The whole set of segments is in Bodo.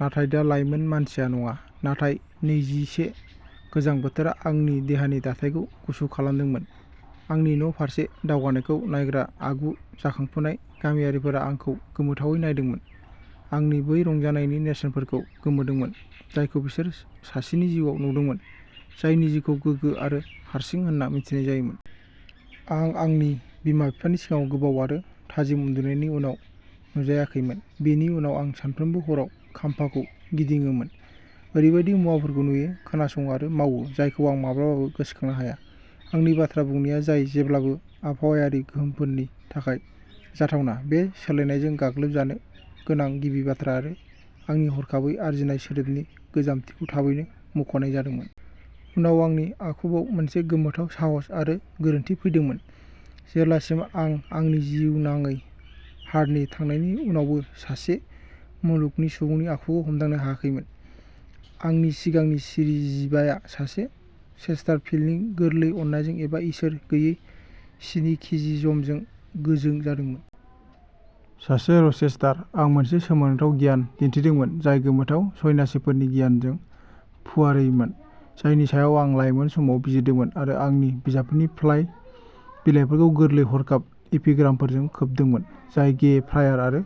नाथाय, दा लाइमोन मानसिया नङा, नाथाय नैजि से गोजां बोथोरा आंनि देहानि दाथायखौ गुसु खालामदोंमोन। आंनि न'फारसे दावगानायखौ नायग्रा आगु जाखांफुनाय गामियारिफोरा आंखौ गोमोथावै नायदोंमोन आरो बै रंजानायनि नेरसोनफोरखौ गोमोदोंमोन, जायखौ बिसोर सासेनि जिउआव नुदोंमोन, जायनि जिउखौ गोगो आरो हारसिं होनना मिथिनाय जायोमोन। आं आंनि बिमा बिफानि सिगाङाव गोबाव आरो थाजिम उन्दुनायनि उनाव नुजायाखैमोन। बेनि उनाव आं सानफ्रोमबो हराव खाम्फाखौ गिदिङोमोन ओरैबायदि मुवाफोरखौ नुयो, खोनासङो आरो मावो जायखौ आं माब्लाबाबो गोसोखांनो हाया। आंनि बाथ्रा बुंनाया, जाय जेब्लाबो आबहावायारि गोहोमफोरनि थाखाय जाथावना, बे सोलायनायजों गाग्लोबजानो गोनां गिबि बाथ्रा आरो आंनि हरखाबै आरजिनाय सोदोबनि गोजामथिखौ थाबैनो मुंख'नाय जादोंमोन। उनाव आंनि आखुवाव मोनसे गोमोथाव साहस आरो गोरोनथि फैदोंमोन, जेब्लासिम आं आंनि जिउनाङै हारसिं थानायनि उनावबो सासे मुलुगनि सुबुंनि आखुखौ हमदांनो हायाखैमोन। आंनि सिगांनि सिरि जिभाया सासे चेस्टारफील्डनि गोरलै अननायजों एबा इसोर गैयै सिनिकिसिजमजों गोजों जादोंमोन। सासे रचेस्टार। आं मोनसे सोमोनांथाव गियान दिन्थिदोंमोन, जाय गोमोथाव, सन्यासिफोरनि गियानजों फुरायैमोन, जायनि सायाव आं लायमोन समाव बिजिरदोंमोन आरो आंनि बिजाबफोरनि फ्लाइ बिलाइफोरखौ गोरलै हरखाब एपिग्रामफोरजों खोबदोंमोन, जाय गे, प्रायर आरो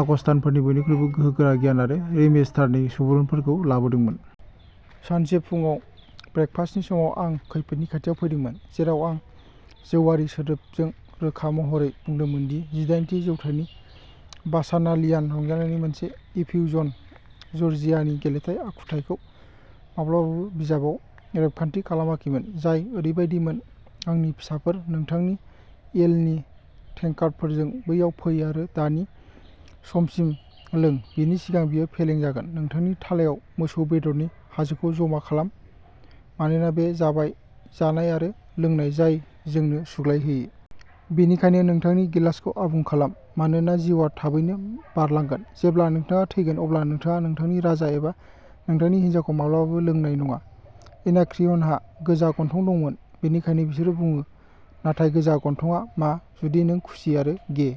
आगस्तानफोरनि बयनिख्रुइबो गोहोगोरा गियान आरो रिमेस्टारनि सुबुरुनफोरखौ लाबोदोंमोन। सानसे फुंआव ब्रेकफास्टनि समाव आं खैफोदनि खाथियाव फैदोंमोन, जेराव आं जौआरि सोदोबजों रोखा महरै बुंदोंमोन दि जिदाइनथि जौथाइनि बाचानालियान रंजानायनि मोनसे इफ्यूजन, जर्जियानि गेलेनाय आखुथाइखौ माब्लाबाबो बिजाबाव रेबगान्थि खालामाखैमोन, जाय ओरैबायदिमोन, आंनि फिसाफोर, नोंथांनि एलनि टेंकार्डफोरजों बेयाव फै आरो दानि समसिम लों, बेनि सिगां बेयो फेलें जागोन नोंथांनि थालायाव मोसौ बेदरनि हाजोखौ जमा खालाम, मानोना बे जाबाय जानाय आरो लोंनाय जाय जोंनो सुग्लाय होयो। बेनिखायनो नोंथांनि गिलासखौ आबुं खालाम, मानोना जिउआ थाबैनो बारलांगोन, जेब्ला नोंथाङा थैगोन, अब्ला नोंथाङा नोंथांनि राजा एबा नोंथांनि हिन्जावखौ माब्लाबाबो लोंनाय नङा। एनाक्रियनहा गोजा गन्थं दंमोन, बेनिखायनो बिसोरो बुङो नाथाय गोजा गन्थंआ मा, जुदि नों खुसि आरो गे?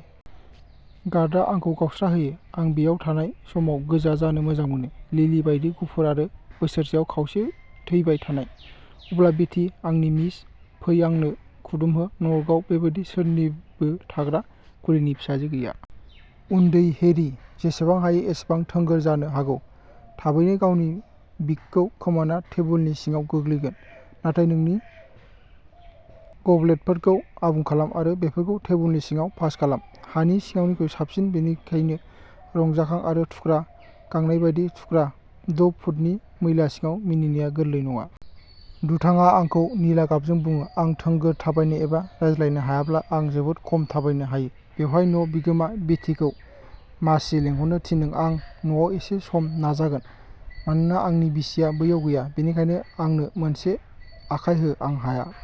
गादआ आंखौ गावस्राहोयो। आं बेयाव थानाय समाव गोजा जानो मोजां मोनो, लिलि बायदि गुफुर आरो बोसोरसेआव खावसे थैबाय थानाय। अब्ला बेट्टी, आंनि मिस, फै आंनो खुदुमहो नरकआव बेबायदि सोरनिबो थाग्रा खुलिनि फिसाजो गैया। उन्दै हेरी, जेसेबां हायो एसेबां थोंगोर जानो हागौ, थाबैनो गावनि विगखौ खोमाना टेबुलनि सिङाव गोग्लैगोन, नाथाय नोंनि गब्लेटफोरखौ आबुं खालाम आरो बेफोरखौ टेबुलनि सिङाव पास खालाम, हानि सिङावनिख्रुइ साबसिन। बेनिखायनो रंजाखां आरो थुख्रा, गांनायबादि थुख्रा द'फुटनि मैला सिङाव मिनिनाया गोरलै नङा। दुथांआ आंखौ निला गाबजों बुयो! आं थोंगोर थाबायनो एबा रायज्लायनो हायाब्ला आं जोबोद खम थाबायनो हायो! बेवहाय, न' बिगोमा, बेट्टीखौ मासि लिंहरनो थिनदों आं न'आव एसे सम नाजागोन, मानोना आंनि बिसिया बैयाव गैया। बेनिखायनो आंनो मोनसे आखाय हो, आं हाया।